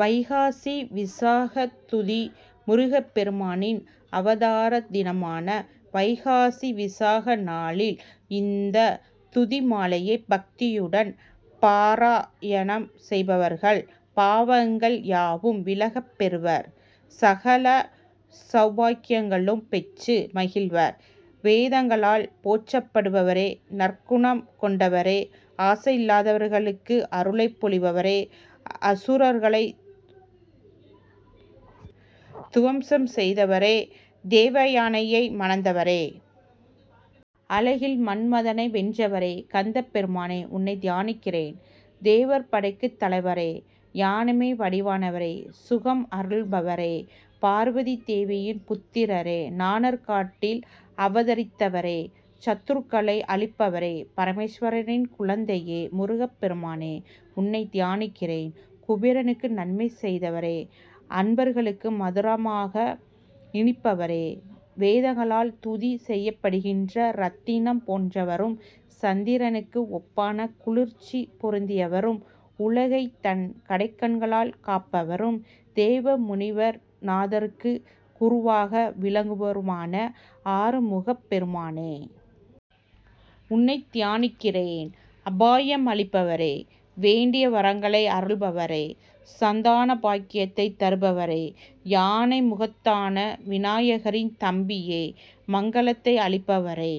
வைகாசி விசாகத் துதி முருகப்பெருமானின் அவதார தினமான வைகாசி விசாக நாளில் இந்த துதிமாலையைப் பக்தியுடன் பாராயணம் செய்பவர்கள் பாவங்கள் யாவும் விலகப்பெறுவர். சகல சவுபாக்கியங்களும் பெற்று மகிழ்வர். வேதங்களால் போற்றப்படுபவரே! நற்குணம் கொண்டவரே! ஆசையில்லாதவர்களுக்கு அருளைப் பொழிபவரே! அசுரர்களை துவம்சம் செய்தவரே! தெய்வயானையை மணந்தவரே! அழகில் மன்மதனை வென்றவரே! கந்தப்பெருமானே! உன்னைத் தியானிக்கிறேன். தேவர் படைக்குத் தலைவரே! ஞானமே வடிவானவரே! சுகம் அருள்பவரே! பார்வதிதேவியின் புத்திரரே! நாணற்காட்டில் அவதரித்தவரே! சத்ருக்களை அழிப்பவரே! பரமேஸ்வரனின் குழந்தையே! முருகப்பெருமானே! உன்னைத் தியானிக்கிறேன். குபேரனுக்கு நன்மை செய்தவரே! அன்பர்களுக்கு மதுரமாக இனிப்பவரே! வேதங்களால் துதி செய்யப்படுகின்ற ரத்தினம் போன்றவரும், சந்திரனுக்கு ஒப்பான குளிர்ச்சி பொருந்தியவரும், உலகை தன் கடைக்கண்களால் காப்பவரும், தேவமுனிவர் நாரதருக்கு குருவாக விளங்குபவருமான ஆறுமுகப்பெருமானே! உன்னைத் தியானிக்கிறேன். அபயம் அளிப்பவரே! வேண்டிய வரங்களை அருள்பவரே! சந்தான பாக்கியத்தை தருபவரே! யானை முகத்தானான விநாயகரின் தம்பியே! மங்களத்தை அளிப்பவரே!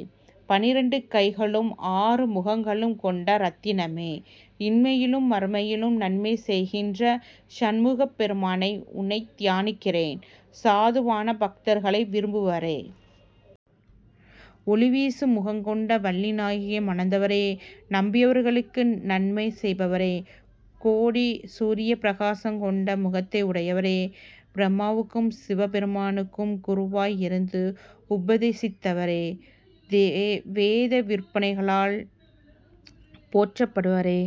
பன்னிரண்டு கைகளும், ஆறு முகங்களும் கொண்ட ரத்தினமே! இம்மையிலும் மறுமையிலும் நன்மை செய் கின்ற சண்முகப்பெருமானை! உன்னைத் தியானிக்கிறேன். சாதுவான பக்தர்களை விரும்புவரே! ஒளிவீசும் முகம் கொண்ட வள்ளிநாயகியை மணந்தவரே! நம்பியவர்களுக்கு நன்மை செய்பவரே! கோடி சூரியப்பிரகாசம் கொண்ட முகத்தை உடையவரே! பிரம்மாவுக்கும், சிவபெருமானுக்கும் குருவாய் இருந்து உபதேசித்தவரே! வேதவிற்பன்னர்களால் போற்றப்படுபவரே!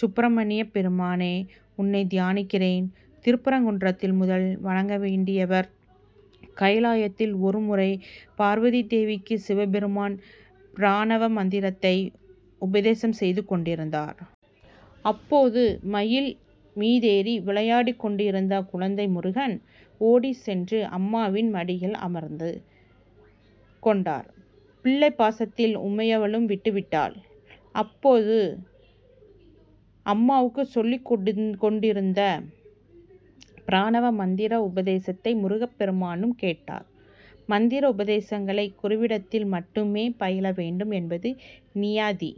சுப்பிரமணியப் பெருமானே! உன்னைத் தியானிக்கிறேன். திருப்பரங்குன்றத்தில் முதலில் வணங்க வேண்டியவர் கைலாயத்தில் ஒருமுறை பார்வதிதேவிக்கு சிவபெருமான் பிரணவ மந்திரத்தை உபதேசம் செய்து கொண்டிருந்தார். அப்போது மயில் மீதேறி விளையாடிக்கொண்டிருந்த குழந்தை முருகன், ஓடிச் சென்று அம்மாவின் மடியில் அமர்ந்து கொண்டார். பிள்ளைப்பாசத்தில் உமையவளும் விட்டுவிட்டாள். அப்போது அம்மாவுக்கு சொல்லிக்கொண்டிருந்த பிரணவ மந்திர உபதேசத்தை முருகப்பெருமானும் கேட்டார். மந்திர உபதேசங்களை குருவிடத்தில் மட்டுமே பயிலவேண்டும் என்பது நியதி.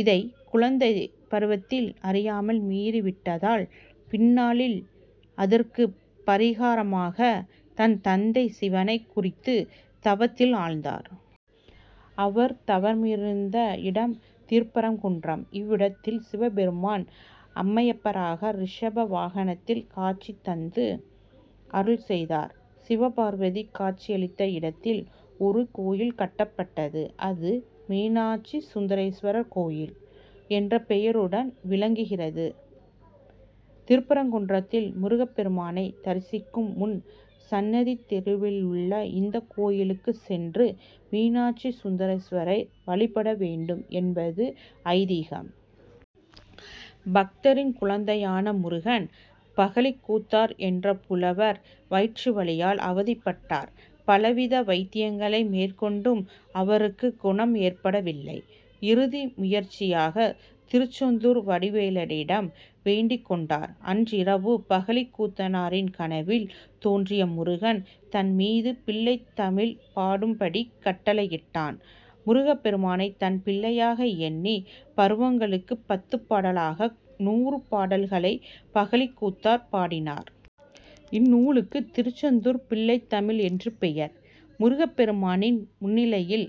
இதை குழந்தைப் பருவத்தில் அறியாமல் மீறிவிட்டதால், பின்னாளில் அதற்குப் பரிகாரமாக, தன் தந்தை சிவனைக் குறித்து தவத்தில் ஆழ்ந்தார். அவர் தவமிருந்த இடம் திருப்பரங்குன்றம். இவ்விடத்தில், சிவபெருமான் அம்மையப்பராக ரிஷப வாகனத்தில் காட்சி தந்து அருள்செய்தார். சிவபார்வதி காட்சியளித்த இடத்தில் ஒரு கோயில் கட்டப்பட்டது. அது மீனாட்சி சுந்தரேஸ்வரர் கோயில் என்ற பெயருடன் விளங்குகிறது. திருப்பரங்குன்றத்தில் முருகப்பெருமானைத் தரிசிக்கும் முன், சன்னதி தெருவிலுள்ள இந்தக்கோயிலுக்குச் சென்று மீனாட்சி சுந்தரேஸ்வரரை வழிபடவேண்டும் என்பது ஐதீகம். பக்தரின் குழந்தையான முருகன் பகழிக்கூத்தர் என்ற புலவர் வயிற்றுவலியால் அவதிப்பட்டார். பலவித வைத்தியங்களை மேற்கொண்டும் அவருக்கு குணம் ஏற்படவில்லை. இறுதி முயற்சியாக திருச்செந்தூர் வடிவேலனிடம் வேண்டிக் கொண்டார். அன்றிரவு பகழிக்கூத்தரின் கனவில் தோன்றிய முருகன், தன் மீது பிள்ளைத்தமிழ் பாடும்படிக் கட்டளையிட்டான். முருகப்பெருமானை, தன் பிள்ளையாக எண்ணி பருவங்களுக்குப் பத்துபாடல்களாக நூறு பாடல்களைப் பகழிக்கூத்தர் பாடினார். இந்நூலுக்கு திருச்செந்தூர் பிள்ளைத்தமிழ்' என்று பெயர். முருகப்பெருமானின் முன்னிலையில்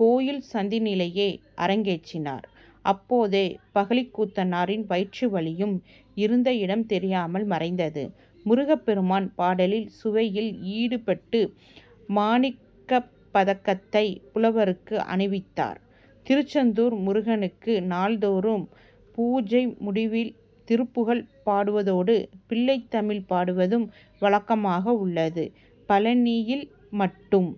கோயில் சன்னதியிலேயே அரங்கேற்றினார். அப்போதே பகழிக்கூத்தரின் வயிற்றுநோயும் இருந்த இடம் தெரியாமல் மறைந்தது. முருகப்பெருமான் பாடலின் சுவையில் ஈடுபட்டு மாணிக்கப்பதக்கத்தை புலவருக்கு அணிவித்தார். திருச்செந்தூர் முருகனுக்கு நாள்தோறும் பூஜை முடிவில் திருப்புகழ் பாடுவதோடு, பிள்ளைத்தமிழ் பாடுவதும் வழக்கமாக உள்ளது. பழநியில் மட்டும்